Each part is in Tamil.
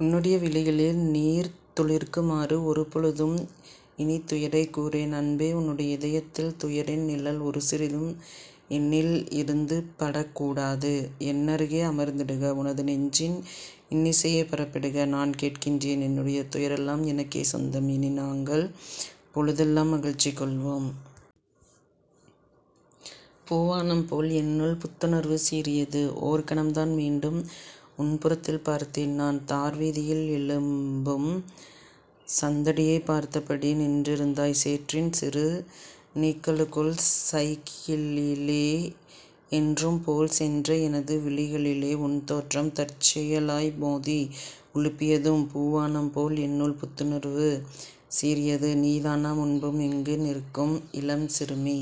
உன்னுடைய விழிகளில் நீர் துளிர்க்குமாறு ஒரு பொழுதும் இனித்துயரைக் கூறேன் அன்பே உன்னுடைய இதயத்தில் துயரின் நிழல் ஒருசிறிதும் எனில் இருந்து படக்கூடாது. என்னருகே அமர்ந்திடுக உனது நெஞ்சின் இன்னிசையைப் பரப்பிடுக நான் கேட்கின்றேன் என்னுடைய துயரெல்லாம் எனக்கே சொந்தம் இனி நாங்கள் பொழுதெல்லாம் மகிழ்ச்சி கொள்வோம். பூவாணம் போல் என்னுள் புத்துணர்வு சீறியது ஓர்கணம்தான் மீண்டும் உன்புறத்தில் பார்த்தேன் நான். தார்வீதியில் எழும்பும் சந்தடியைப் பார்த்தபடி நின்றிருந்தாய் சேற்றின் சிறு நீக்கலுக்குள். சைக்கிளிலே என்றும்போல் சென்ற எனது விழிகளிலே உன் தோற்றம் தற்செயலாய் மோதி உலுப்பியதும் பூவாணம்போல் என்னுள் புத்துணர்வு சீறியது. நீதானா முன்பும் இங்கு நிற்கும் இளம் சிறுமி?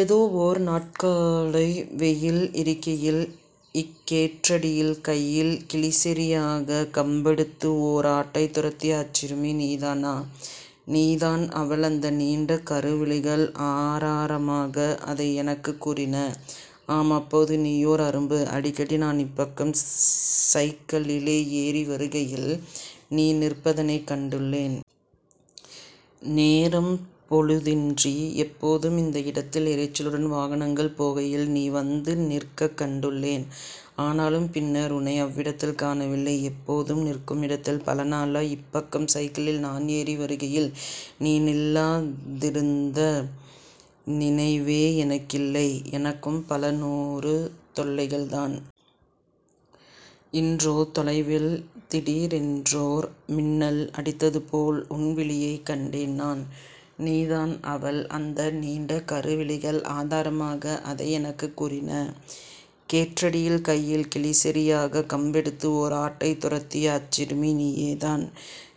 ஏதோ ஓர் நாட்காலை வெய்யில் எரிக்கையில் இக் கேற்றடியில் கையில் கிளிசெறியாக் கம்பெடுத்து ஓர் ஆட்டைத் துரத்திய அச்சிறுமி நீதானா? நீதான் அவள் அந்த நீண்ட கருவிழிகள் ஆராரமாக அதை எனக்குக் கூறின. ஆம் அப்போது நீயோர் அரும்பு. அடிக்கடி நான் இப்பக்கம் சைக்களிலே ஏறி வருகையில் நீ நிற்பதனைக் கண்டுள்ளேன். நேரம் பொழுதின்றி எப்போதும் இந்த இடத்தில் இரைச்சலுடன் வாகனங்கள் போகையில் நீ வந்து நிற்கக் கண்டுள்ளேன். ஆனாலும் பின்னர் உனை அவ்விடத்தில் காணவில்லை. எப்போதும் நிற்கும் இடத்தில் பலநாளாய் இப்பக்கம் சைக்கிளில் நான் ஏறி வருகையில் நீ நில்லா திருந்த நினைவே எனக்கில்லை. எனக்கும் பலநூறு தொல்லைகள்தான். இன்றோ, தொலைவில் திடீரென்றோர் மின்னல் அடித்ததுபோல் உன்விழியைக் கண்டேன் நான். நீதான் அவள் அந்த நீண்ட கருவிழிகள் ஆதாரமாக அதை எனக்குக் கூறின. கேற்றடியில் கையில் கிளிசெறியாக் கம்பெடுத்து ஓர் ஆட்டைத் துரத்திய அச்சிறுமி நீயேதான்.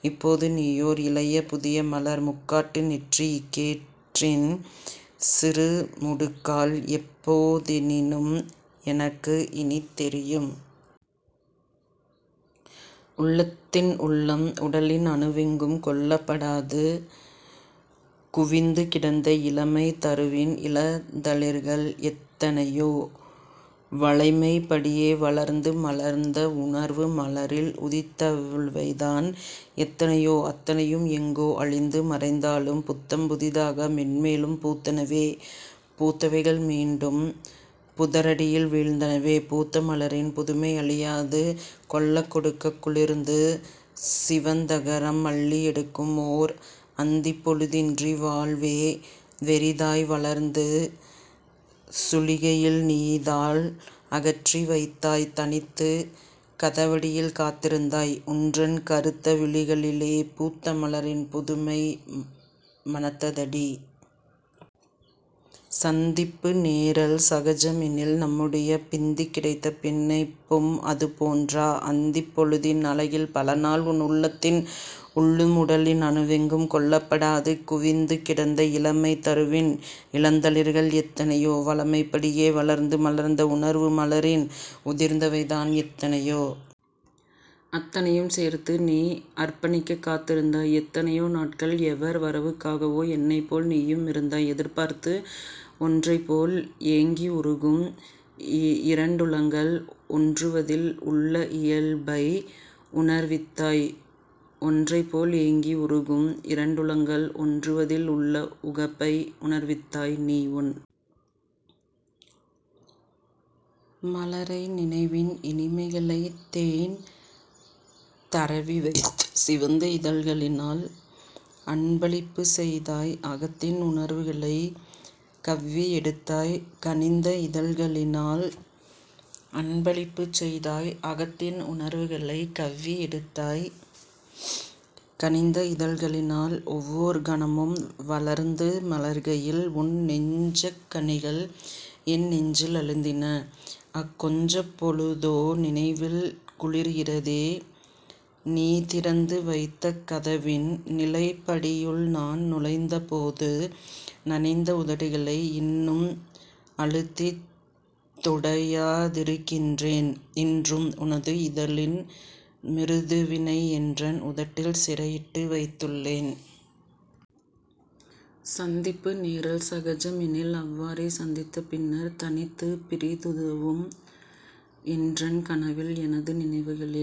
இப்போது நீயோர் இளைய புதியமலர். முக்காட்டு நெற்றி இக் கேற்றின் சிறுமுடுக்கால் எப்போ தெனினும் எனக்கு இனித் தெரியும். உள்ளத்தின் உள்ளும் உடலின் அணுவெங்கும் கொள்ளப்படாது குவிந்து கிடந்த இளமைத் தருவின் இளந்தளிர்கள் எத்தைனையோ? வழமைப்படியே வளர்ந்து மலர்ந்த உணர்வு மலரில் உதிர்ந்தவைதான் எத்தனையோ அத்தனையும் எங்கோ அழிந்து மறைந்தாலும் புத்தம் புதிதாக மென்மேலும் பூத்தனவே பூத்தவைகள் மீண்டும் புதர் அடியில் வீழ்ந்தனவே பூத்த மலரின் புதுமை அழியாது கொள்ளக் கொடுக்க குளிர்ந்து சிவந்தகரம் அள்ளி எடுக்கும் ஓர் அந்திப் பொழுதின்றி வாழ்வே வெறிதாய் வளர்ந்து சுழிகையில் நீ தாள் அகற்றி வைத்தாய் தனித்துக் கதவடியில் காத்திருந்தாய் உன்றன் கறுத்த விழிகளிலே பூத்த மலரின் புதுமை மணத்ததடி... சந்திப்பு நேரல் சகஜம் எனில் நம்முடைய பிந்திக் கிடைத்த பிணைப்பும் அதுபோன்றா? அந்திப் பொழுதின் அழகில் பலநாள் உன் உள்ளத்தின் உள்ளும் உடலின் அணுவெங்கும் கொள்ளப்படாது குவிந்து கிடந்த இளமைத் தருவின் இளந்தளிர்கள் எத்தனையோ? வழமைப் படியே வளர்ந்து மலர்ந்த உணர்வு மலரில் உதிர்ந்தவைதான் எத்தனையோ? அத்தனையும் சேர்த்து நீ அர்ப்பணிக்கக் காத்திருந்தாய் எத்தனையோ நாட்கள் எவர் வரவுக்காகவோ என்னைப்போல் நீயும் இருந்தாய் எதிர்பார்த்து ஒன்றைப் போல் ஏங்கி உருகும் இரண்டுளங்கள் ஒன்றுவதில் உள்ள இயல்பை உணர்வித்தாய் ஒன்றைப் போல் ஏங்கி உருகும் இரண்டுளங்கள் ஒன்றுவதில் உள்ள உகப்பை உணர்வித்தாய். நீ உன் மலரை நினைவின் இனிமைகளை தேன் தரவிவைத்த சிவந்த இதழ்களினால் அன்பளிப்புச் செய்தாய் அகத்தின் உணர்வுகளைக் கவ்வி எடுத்தாய் கனிந்த இதழ்களினால் ஒவ்வோர் கணமும் வளர்ந்து மலர்கையில் உன் நெஞ்சக் கனிகள் என் நெஞ்சில் அழுந்தின அக் கொஞ்சப் பொழுதோ நினைவில் குளிர்கிறதே நீதிறந்து வைத்த கதவின் நிலைப்படியுள் நான் நுழைந்த போது நனைந்த உதடுகளை இன்னும் அழுத்தித் துடையா திருக்கின்றேன் இன்றும் உனது இதழின் மிருதுவினை என்றன் உதட்டில் சிறையிட்டு வைத்துள்ளேன். சந்திப்பு நேரல் சகஜம் எனில் அவ்வாறே சந்தித்த பின்னர் தனித்துப் பிரிவதுவும் என்றன் கனவில் எனது நினைவுகளில்